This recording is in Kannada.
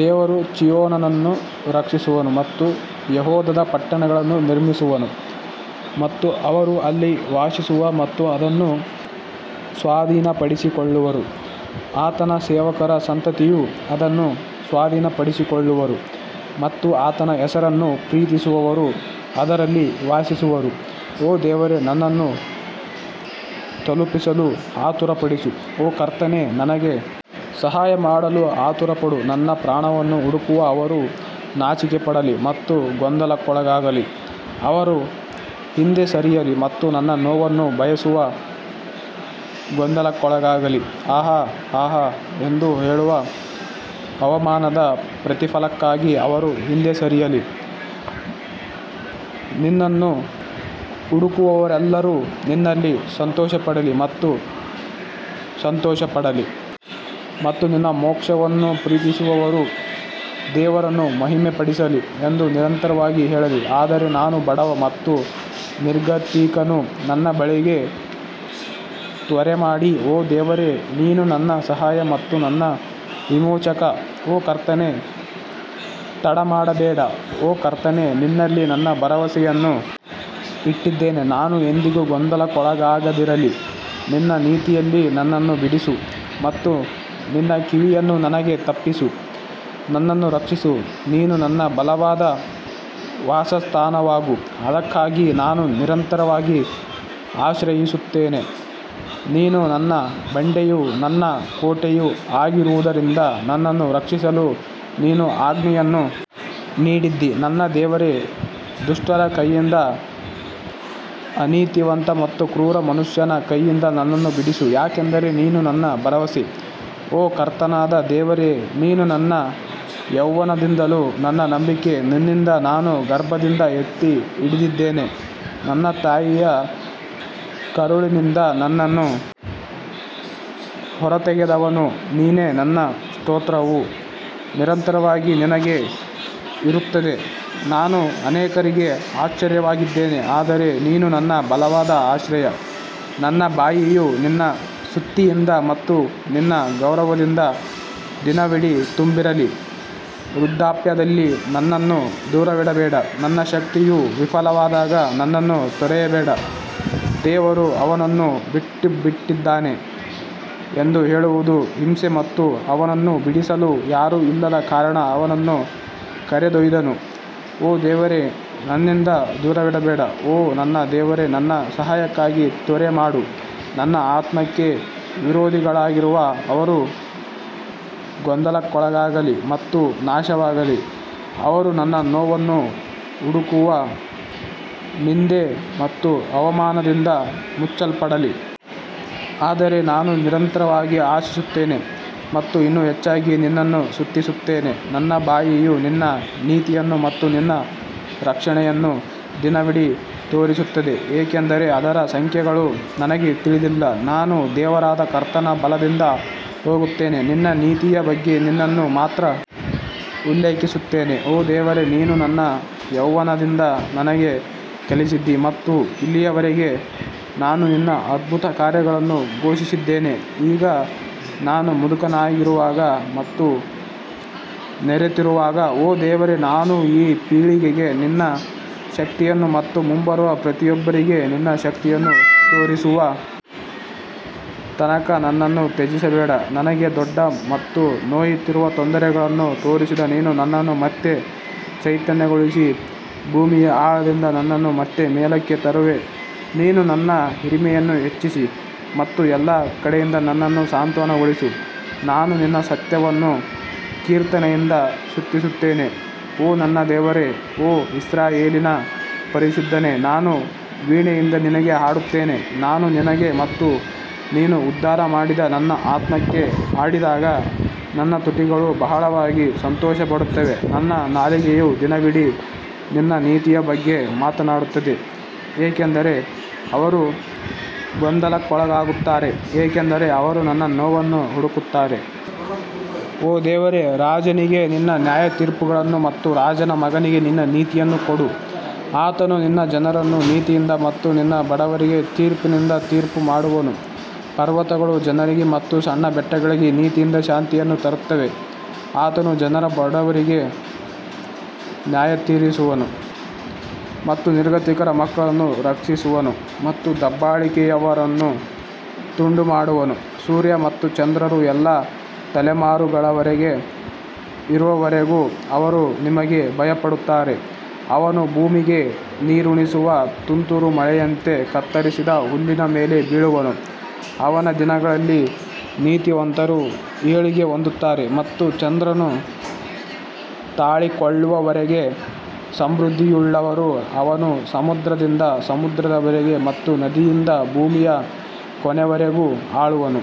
ದೇವರು ಚೀಯೋನನ್ನು ರಕ್ಷಿಸುವನು ಮತ್ತು ಯೆಹೂದದ ಪಟ್ಟಣಗಳನ್ನು ನಿರ್ಮಿಸುವನು ಮತ್ತು ಅವರು ಅಲ್ಲಿ ವಾಸಿಸುವ ಮತ್ತು ಅದನ್ನು ಸ್ವಾಧೀನಪಡಿಸಿಕೊಳ್ಳುವರು. ಆತನ ಸೇವಕರ ಸಂತತಿಯೂ ಅದನ್ನು ಸ್ವಾಧೀನಪಡಿಸಿಕೊಳ್ಳುವರು ಮತ್ತು ಆತನ ಹೆಸರನ್ನು ಪ್ರೀತಿಸುವವರು ಅದರಲ್ಲಿ ವಾಸಿಸುವರು ಓ ದೇವರೇ ನನ್ನನ್ನು ತಲುಪಿಸಲು ಆತುರಪಡಿಸು ಓ ಕರ್ತನೇ ನನಗೆ ಸಹಾಯ ಮಾಡಲು ಆತುರಪಡು ನನ್ನ ಪ್ರಾಣವನ್ನು ಹುಡುಕುವ ಅವರು ನಾಚಿಕೆಪಡಲಿ ಮತ್ತು ಗೊಂದಲಕ್ಕೊಳಗಾಗಲಿ, ಅವರು ಹಿಂದೆ ಸರಿಯಲಿ ಮತ್ತು ನನ್ನ ನೋವನ್ನು ಬಯಸುವ ಗೊಂದಲಕ್ಕೊಳಗಾಗಲಿ ಆಹಾ ಆಹಾ ಎಂದು ಹೇಳುವ ಅವಮಾನದ ಪ್ರತಿಫಲಕ್ಕಾಗಿ ಅವರು ಹಿಂದೆ ಸರಿಯಲಿ ನಿನ್ನನ್ನು ಹುಡುಕುವವರೆಲ್ಲರೂ ನಿನ್ನಲ್ಲಿ ಸಂತೋಷಪಡಲಿ ಮತ್ತು ಸಂತೋಷಪಡಲಿ ಮತ್ತು ನಿನ್ನ ಮೋಕ್ಷವನ್ನು ಪ್ರೀತಿಸುವವರು ದೇವರನ್ನು ಮಹಿಮೆಪಡಿಸಲಿ ಎಂದು ನಿರಂತರವಾಗಿ ಹೇಳಲಿ ಆದರೆ ನಾನು ಬಡವ ಮತ್ತು ನಿರ್ಗತಿಕನು ನನ್ನ ಬಳಿಗೆ ತ್ವರೆಮಾಡಿ ಓ ದೇವರೇ ನೀನು ನನ್ನ ಸಹಾಯ ಮತ್ತು ನನ್ನ ವಿಮೋಚಕ ಓ ಕರ್ತನೇ ತಡಮಾಡಬೇಡ ಓ ಕರ್ತನೇ ನಿನ್ನಲ್ಲಿ ನನ್ನ ಭರವಸೆಯನ್ನು ಇಟ್ಟಿದ್ದೇನೆ ನಾನು ಎಂದಿಗೂ ಗೊಂದಲಕ್ಕೊಳಗಾಗದಿರಲಿ ನಿನ್ನ ನೀತಿಯಲ್ಲಿ ನನ್ನನ್ನು ಬಿಡಿಸು ಮತ್ತು ನಿನ್ನ ಕಿವಿಯನ್ನು ನನಗೆ ತಪ್ಪಿಸಿ ನನ್ನನ್ನು ರಕ್ಷಿಸು ನೀನು ನನ್ನ ಬಲವಾದ ವಾಸಸ್ಥಾನವಾಗು, ಅದಕ್ಕಾಗಿ ನಾನು ನಿರಂತರವಾಗಿ ಆಶ್ರಯಿಸುತ್ತೇನೆ, ನೀನು ನನ್ನ ಬಂಡೆಯೂ ನನ್ನ ಕೋಟೆಯೂ ಆಗಿರುವುದರಿಂದ ನನ್ನನ್ನು ರಕ್ಷಿಸಲು ನೀನು ಆಜ್ಞೆಯನ್ನು ನೀಡಿದ್ದೀ ನನ್ನ ದೇವರೇ, ದುಷ್ಟರ ಕೈಯಿಂದ ಅನೀತಿವಂತ ಮತ್ತು ಕ್ರೂರ ಮನುಷ್ಯನ ಕೈಯಿಂದ ನನ್ನನ್ನು ಬಿಡಿಸು ಯಾಕಂದರೆ ನೀನು ನನ್ನ ಭರವಸೆ ಓ ಕರ್ತನಾದ ದೇವರೇ ನೀನು ನನ್ನ ಯೌವನದಿಂದಲೂ ನನ್ನ ನಂಬಿಕೆ ನಿನ್ನಿಂದ ನಾನು ಗರ್ಭದಿಂದ ಎತ್ತಿ ಹಿಡಿದಿದ್ದೇನೆ ನನ್ನ ತಾಯಿಯ ಕರುಳಿನಿಂದ ನನ್ನನ್ನು ಹೊರತೆಗೆದವನು ನೀನೇ ನನ್ನ ಸ್ತೋತ್ರವು ನಿರಂತರವಾಗಿ ನಿನಗೆ ಇರುತ್ತದೆ ನಾನು ಅನೇಕರಿಗೆ ಆಶ್ಚರ್ಯವಾಗಿದ್ದೇನೆ ಆದರೆ ನೀನು ನನ್ನ ಬಲವಾದ ಆಶ್ರಯ ನನ್ನ ಬಾಯಿಯು ನಿನ್ನ ಸ್ತುತಿಯಿಂದ ಮತ್ತು ನಿನ್ನ ಗೌರವದಿಂದ ದಿನವಿಡೀ ತುಂಬಿರಲಿ ವೃದ್ಧಾಪ್ಯದಲ್ಲಿ ನನ್ನನ್ನು ದೂರವಿಡಬೇಡ ನನ್ನ ಶಕ್ತಿಯು ವಿಫಲವಾದಾಗ ನನ್ನನ್ನು ತೊರೆಯಬೇಡ ದೇವರು ಅವನನ್ನು ಬಿಟ್ಟುಬಿಟ್ಟಿದ್ದಾನೆ ಎಂದು ಹೇಳುವುದು ಹಿಂಸೆ ಮತ್ತು ಅವನನ್ನು ಬಿಡಿಸಲು ಯಾರೂ ಇಲ್ಲದ ಕಾರಣ ಅವನನ್ನು ಕರೆದೊಯ್ದನು ಓ ದೇವರೇ ನನ್ನಿಂದ ದೂರವಿರಬೇಡ ಓ ನನ್ನ ದೇವರೇ ನನ್ನ ಸಹಾಯಕ್ಕಾಗಿ ತ್ವರೆ ಮಾಡು ನನ್ನ ಆತ್ಮಕ್ಕೆ ವಿರೋಧಿಗಳಾಗಿರುವ ಅವರು ಗೊಂದಲಕ್ಕೊಳಗಾಗಲಿ ಮತ್ತು ನಾಶವಾಗಲಿ, ಅವರು ನನ್ನ ನೋವನ್ನು ಹುಡುಕುವ ನಿಂದೆ ಮತ್ತು ಅವಮಾನದಿಂದ ಮುಚ್ಚಲ್ಪಡಲಿ. ಆದರೆ ನಾನು ನಿರಂತರವಾಗಿ ಆಶಿಸುತ್ತೇನೆ ಮತ್ತು ಇನ್ನೂ ಹೆಚ್ಚಾಗಿ ನಿನ್ನನ್ನು ಸ್ತುತಿಸುತ್ತೇನೆ ನನ್ನ ಬಾಯಿಯು ನಿನ್ನ ನೀತಿಯನ್ನು ಮತ್ತು ನಿನ್ನ ರಕ್ಷಣೆಯನ್ನು ದಿನವಿಡೀ ತೋರಿಸುತ್ತದೆ, ಏಕೆಂದರೆ ಅದರ ಸಂಖ್ಯೆಗಳು ನನಗೆ ತಿಳಿದಿಲ್ಲ. ನಾನು ದೇವರಾದ ಕರ್ತನ ಬಲದಿಂದ ಹೋಗುತ್ತೇನೆ, ನಿನ್ನ ನೀತಿಯ ಬಗ್ಗೆ ನಿನ್ನನ್ನು ಮಾತ್ರ ಉಲ್ಲೇಖಿಸುತ್ತೇನೆ ಓ ದೇವರೇ, ನೀನು ನನ್ನ ಯೌವನದಿಂದ ನನಗೆ ಕಲಿಸಿದ್ದೀ ಮತ್ತು ಇಲ್ಲಿಯವರೆಗೆ ನಾನು ನಿನ್ನ ಅದ್ಭುತ ಕಾರ್ಯಗಳನ್ನು ಘೋಷಿಸಿದ್ದೇನೆ ಈಗ ನಾನು ಮುದುಕನಾಗಿರುವಾಗ ಮತ್ತು ನರೆತಿರುವಾಗ ಓ ದೇವರೇ, ನಾನು ಈ ಪೀಳಿಗೆಗೆ ನಿನ್ನ ಶಕ್ತಿಯನ್ನು ಮತ್ತು ಮುಂಬರುವ ಪ್ರತಿಯೊಬ್ಬರಿಗೆ ನಿನ್ನ ಶಕ್ತಿಯನ್ನು ತೋರಿಸುವ ತನಕ ನನ್ನನ್ನು ತ್ಯಜಿಸಬೇಡ ನನಗೆ ದೊಡ್ಡ ಮತ್ತು ನೋಯುತ್ತಿರುವ ತೊಂದರೆಗಳನ್ನು ತೋರಿಸಿದ ನೀನು ನನ್ನನ್ನು ಮತ್ತೆ ಚೈತನ್ಯಗೊಳಿಸಿ ಭೂಮಿಯ ಆಳದಿಂದ ನನ್ನನ್ನು ಮತ್ತೆ ಮೇಲಕ್ಕೆ ತರುವೆ ನೀನು ನನ್ನ ಹಿರಿಮೆಯನ್ನು ಹೆಚ್ಚಿಸಿ ಮತ್ತು ಎಲ್ಲಾ ಕಡೆಯಿಂದ ನನ್ನನ್ನು ಸಾಂತ್ವನಗೊಳಿಸು ನಾನು ನಿನ್ನ ಸತ್ಯವನ್ನು ಕೀರ್ತನೆಯಿಂದ ಸ್ತುತಿಸುತ್ತೇನೆ ಓ ನನ್ನ ದೇವರೇ, ಓ ಇಸ್ರಾಯೇಲಿನ ಪರಿಶುದ್ಧನೇ, ನಾನು ವೀಣೆಯಿಂದ ನಿನಗೆ ಹಾಡುತ್ತೇನೆ ನಾನು ನಿನಗೆ ಮತ್ತು ನೀನು ಉದ್ಧಾರ ಮಾಡಿದ ನನ್ನ ಆತ್ಮಕ್ಕೆ ಹಾಡಿದಾಗ ನನ್ನ ತುಟಿಗಳು ಬಹಳವಾಗಿ ಸಂತೋಷಪಡುತ್ತವೆ ನನ್ನ ನಾಲಿಗೆಯು ದಿನವಿಡೀ ನಿನ್ನ ನೀತಿಯ ಬಗ್ಗೆ ಮಾತನಾಡುತ್ತದೆ ಏಕೆಂದರೆ ಅವರು ಗೊಂದಲಕ್ಕೊಳಗಾಗುತ್ತಾರೆ, ಏಕೆಂದರೆ ಅವರು ನನ್ನ ನೋವನ್ನು ಹುಡುಕುತ್ತಾರೆ. ಓ ದೇವರೇ, ರಾಜನಿಗೆ ನಿನ್ನ ನ್ಯಾಯತೀರ್ಪುಗಳನ್ನು ಮತ್ತು ರಾಜನ ಮಗನಿಗೆ ನಿನ್ನ ನೀತಿಯನ್ನು ಕೊಡು ಆತನು ನಿನ್ನ ಜನರನ್ನು ನೀತಿಯಿಂದ ಮತ್ತು ನಿನ್ನ ಬಡವರಿಗೆ ತೀರ್ಪಿನಿಂದ ತೀರ್ಪು ಮಾಡುವನು ಪರ್ವತಗಳು ಜನರಿಗೆ ಮತ್ತು ಸಣ್ಣ ಬೆಟ್ಟಗಳಿಗೆ ನೀತಿಯಿಂದ ಶಾಂತಿಯನ್ನು ತರುತ್ತವೆ ಆತನು ಜನರ ಬಡವರಿಗೆ ನ್ಯಾಯತೀರಿಸುವನು ಮತ್ತು ನಿರ್ಗತಿಕರ ಮಕ್ಕಳನ್ನು ರಕ್ಷಿಸುವನು ಮತ್ತು ದಬ್ಬಾಳಿಕೆಯವರನ್ನು ತುಂಡುಮಾಡುವನು ಸೂರ್ಯ ಮತ್ತು ಚಂದ್ರರು ಎಲ್ಲಾ ತಲೆಮಾರುಗಳವರೆಗೆ ಇರುವವರೆಗೂ ಅವರು ನಿಮಗೆ ಭಯಪಡುತ್ತಾರೆ ಅವನು ಭೂಮಿಗೆ ನೀರುಣಿಸುವ ತುಂತುರು ಮಳೆಯಂತೆ ಕತ್ತರಿಸಿದ ಹುಲ್ಲಿನ ಮೇಲೆ ಬೀಳುವನು ಅವನ ದಿನಗಳಲ್ಲಿ ನೀತಿವಂತರು ಏಳಿಗೆ ಹೊಂದುತ್ತಾರೆ ಮತ್ತು ಚಂದ್ರನು ತಾಳಿಕೊಳ್ಳುವವರೆಗೆ ಸಮೃದ್ಧಿಯುಳ್ಳವರು ಅವನು ಸಮುದ್ರದಿಂದ ಸಮುದ್ರದವರೆಗೆ ಮತ್ತು ನದಿಯಿಂದ ಭೂಮಿಯ ಕೊನೆಯವರೆಗೂ ಆಳುವನು.